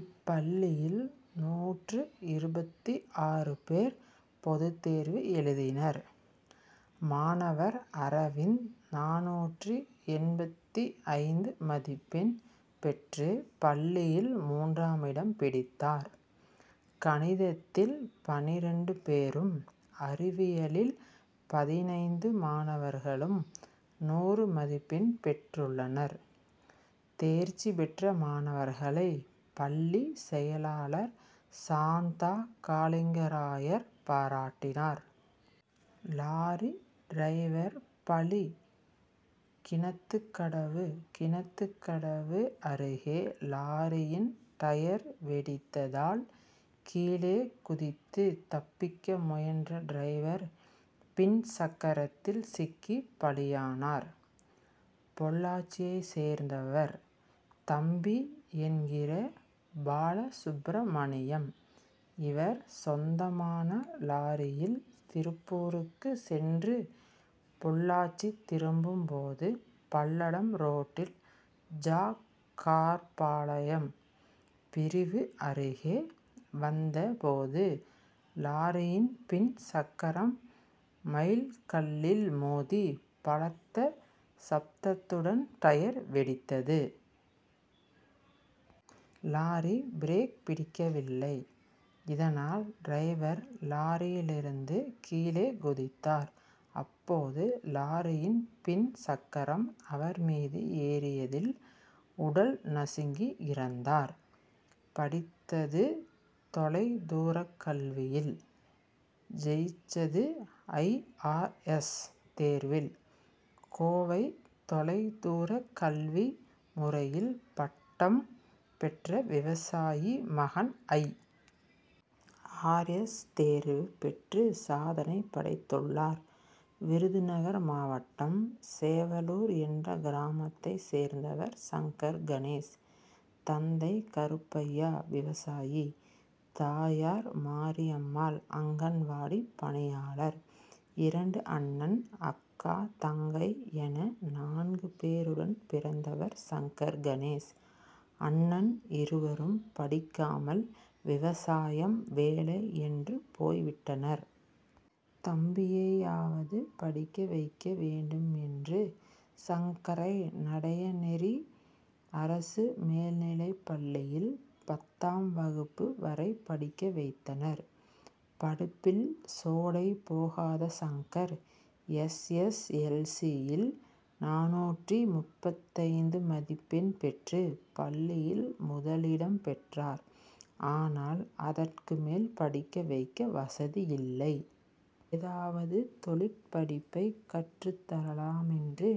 இப்பள்ளியில், நூற்று இருபத்து ஆறு பேர் பொதுத்தேர்வு எழுதினர். மாணவர் அரவிந்த் நானூற்று எண்பத்து ஐந்து மதிப்பெண் பெற்று பள்ளியில் மூன்றாமிடம் பிடித்தார். கணிதத்தில் பன்னிரண்டு பேரும், அறிவியலில் பதினைந்து மாணவர்களும் நூறு மதிப்பெண் பெற்றுள்ளனர். தேர்ச்சி பெற்ற மாணவர்களை, பள்ளி செயலாளர் சாந்தா காளிங்கராயர் பாராட்டினார். லாரி டிரைவர் பலி கிணத்துக்கடவு கிணத்துக்கடவு அருகே லாரியின் டயர் வெடித்ததால், கீழே குதித்து தப்பிக்க முயன்ற டிரைவர் பின் சக்கரத்தில் சிக்கி பலியானார். பொள்ளாச்சியை சேர்ந்தவர் தம்பி என்கிற பால சுப்பிரமணியம்; இவர், சொந்தமான லாரியில் திருப்பூருக்கு சென்று பொள் ளாச்சி திரும்பும் போது பல்லடம் ரோட்டில் ஜக் கார்பாளையம் பிரிவு அருகே வந்த போது, லாரி யின் பின் சக்கரம் மைல் கல்லில் மோதி பலத்த சப்தத்துடன் டயர்' வெடித்தது. லாரி பிரேக் பிடிக்கவில்லை. இதனால் டிரைவர் லாரி யிலிருந்து கீழே குதித்தார். அப்போது லாரியின் பின் சக்கரம் அவர் மீது ஏறிய தில் உடல் நசுங்கி இறந்தார். படித்தது தொலைதூரக்கல்வியில்; ஜெயித்தது ஐ. ஆர். எஸ்., தேர்வில்! கோவை தொலை தூரக் கல்வி முறையில் பட்டம் பெற்ற விவசாயி மகன், ஐ. ஆர். எஸ்., தேர்ச்சி பெற்று சாதனை படைத்துள்ளார். விருதுநகர் மாவட்டம் செவலூர் என்ற கிராமத்தைச் சேர்ந்தவர் சங்கர் கணேஷ். தந்தை கருப்பையா, விவசாயி; தாயார் மாரியம்மாள், அங்கன்வாடிப் பணியாளர். இரண்டு அண்ணன், அக்கா, தங்கை என நான்கு பேருடன் பிறந்தவர் சங்கர் கணேஷ். அண்ணன் இருவரும் படிக்காமல், விவசாயம், வேலை என்று போய் விட்டனர். தம்பியையாவது படிக்க வைக்க வேண்டுமென்று, சங்கரை நடையநேரி அரசு மேல்நிலைப்பள்ளியில் பத்தாம் வகுப்பு வரை படிக்க வைத்தனர். படிப்பில் சோடை போகாத Shankar, S. S. L. C., யில் நானூற்று முப்பத்தைந்து மதிப்பெண் பெற்று, பள்ளியில் முதலிடம் பெற்றார். ஆனாலும், அதற்கு மேல் படிக்க வைக்க வசதியில்லை. ஏதாவது, தொழிற்படிப்பைக் கற்றுத்தரலாமென்று,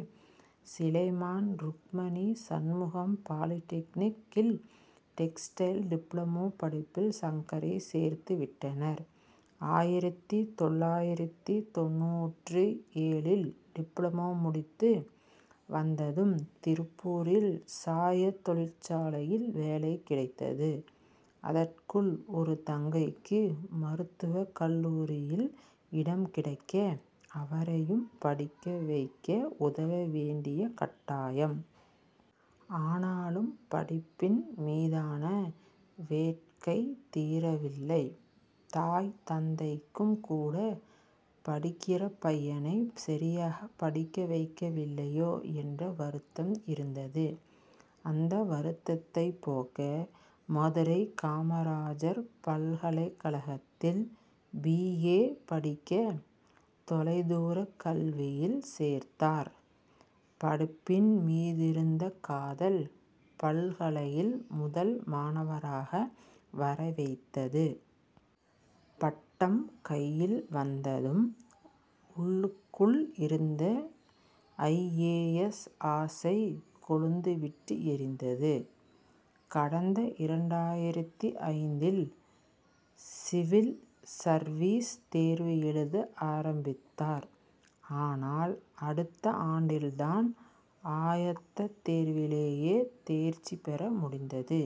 சிலைமான் ருக்மணி சண்முகம் பாலிடெக்னிக் கில் டெக்ஸ்டைல் டிப்ளமோ படிப்பில் சங்கரை சேர்த்து விட்டனர். ஆயிரத்து தொள்ளாயிரத்து தொண்ணூற்று ஏழு ல் டிப்ளமோ முடித்து வந்ததும், திருப்பூரில் சாயத் தொழிற்சாலையில் வேலை கிடைத்தது. அதற்குள் ஒரு தங்கைக்கு மருத்துவக்கல்லூரியில் இடம் கிடைக்க, அவரையும் படிக்க வைக்க உதவ வேண்டிய கட்டாயம். ஆனாலும், படிப்பின் மீதான வேட்கை தீரவில் லை. தாய், தந்தைக்கும் கூட, படிக்கிற பையனை சரியாகப் படிக்க வைக்கவில்லையோ' என்ற வருத்தம் இருந்தது. அந்த வருத்தத்தைப் போக்க, மதுரை காமராசர் பல்கலைக்கழகத்தில் பி. ஏ. படிக்க, தொலைதூரக் கல்வியில் சேர்ந்தார். படிப்பின் மீதிருந்த காதல், பல்கலையில் முதல் மாணவராக வரவைத்தது. பட்டம் கையில் வந்ததும், உள்ளுக்குள் இருந்த ஐ. ஏ. எஸ்., ஆசை கொழுந்து விட்டு எரிந்தது. கடந்த இரண்டாயிரத்து ஐந்து ல் சிவில் சர்வீஸ் தேர்வு எழுத ஆரம்பித்தார். ஆனால், அடுத்த ஆண்டில்தான் ஆயத்தத்தேர்விலேயே தேர்ச்சி பெற முடிந்தது.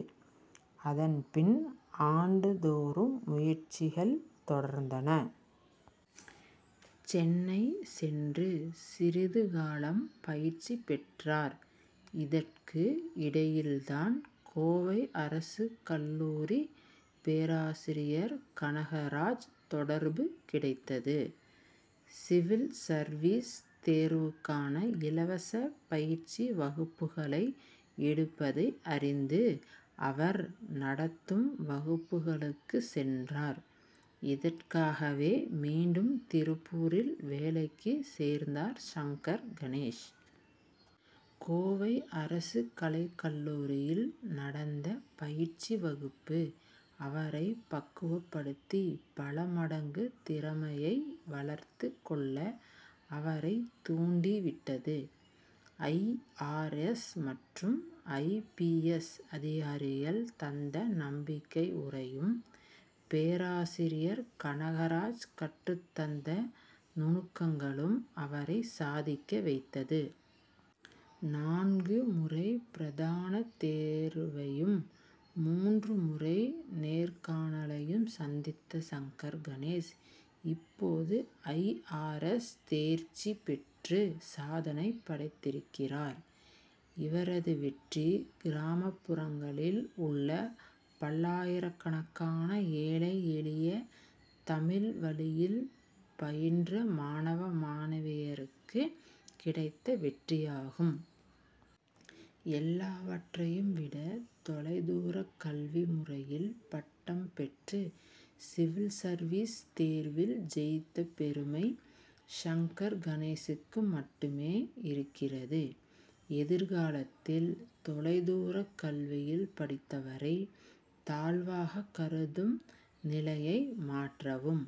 அதன் பின், ஆண்டுதோறும் முயற்சிகள் தொடர்ந்தன. சென்னை சென்று சிறிது காலம் பயிற்சி பெற்றார். இதற்கு இடையில்தான், கோவை அரசு கல்லூரி பேராசிரியர் கனகராஜ் தொடர்பு கிடைத்தது. சிவில் சர்வீஸ் தேர்வுக்கான இலவச பயிற்சி வகுப்புகளை எடுப்பதை அறிந்து, அவர் நடத்தும் வகுப்புகளுக்குச் சென்றார். இதற்காகவே, மீண்டும் திருப்பூரில் வேலைக்குச் சேர்ந்தார் சங்கர் கணேஷ். கோவை அரசு கலைக்கல்லூரியில் நடந்த பயிற்சி வகுப்பு, அவரை பக்குவப் படுத்தி, பல மடங்கு திறமையை வளர்த்துக் கொள்ள, அவரைத் தூண்டி விட்டது. ஐ. ஆர். எஸ்., மற்றும் ஐ. பி. எஸ்., அதிகாரிகள் தந்த நம்பிக்கை உரையும், பேராசிரியர் கனகராஜ் கற்றுத் தந்த நுணுக்கங்களும் அவரை சாதிக்க வைத்தது. நான்கு முறை பிரதான தேர்வையும், மூன்று முறை நேர்காணலையும் சந்தித்த சங்கர் கணேஷ், இப்போது ஐ. ஆர். எஸ்., தேர்ச்சி பெற்று சாதனை படைத்திருக்கிறார். இவரது வெற்றி, கிராமப் புறங்களில் உள்ள பல்லாயிரக்கணக்கான ஏழை எளிய, தமிழ் வழியில் பயின்ற மாணவ, மாணவியருக்குக் கிடைத்த வெற்றியாகும். எல்லாவற்றையும் விட, தொலை தூரக் கல்வி முறையில் பட்டம் பெற்று, சிவில் சர்வீஸ் தேர்வில் ஜெயித்த பெருமை, சங்கர் கணேஷ்க்கு மட்டுமே இருக்கிறது. எதிர்காலத்தில் தொலைதூரக் கல்வியில் படித்தவரை, தாழ்வாகக் கருதும் நிலையை மாற்றவும்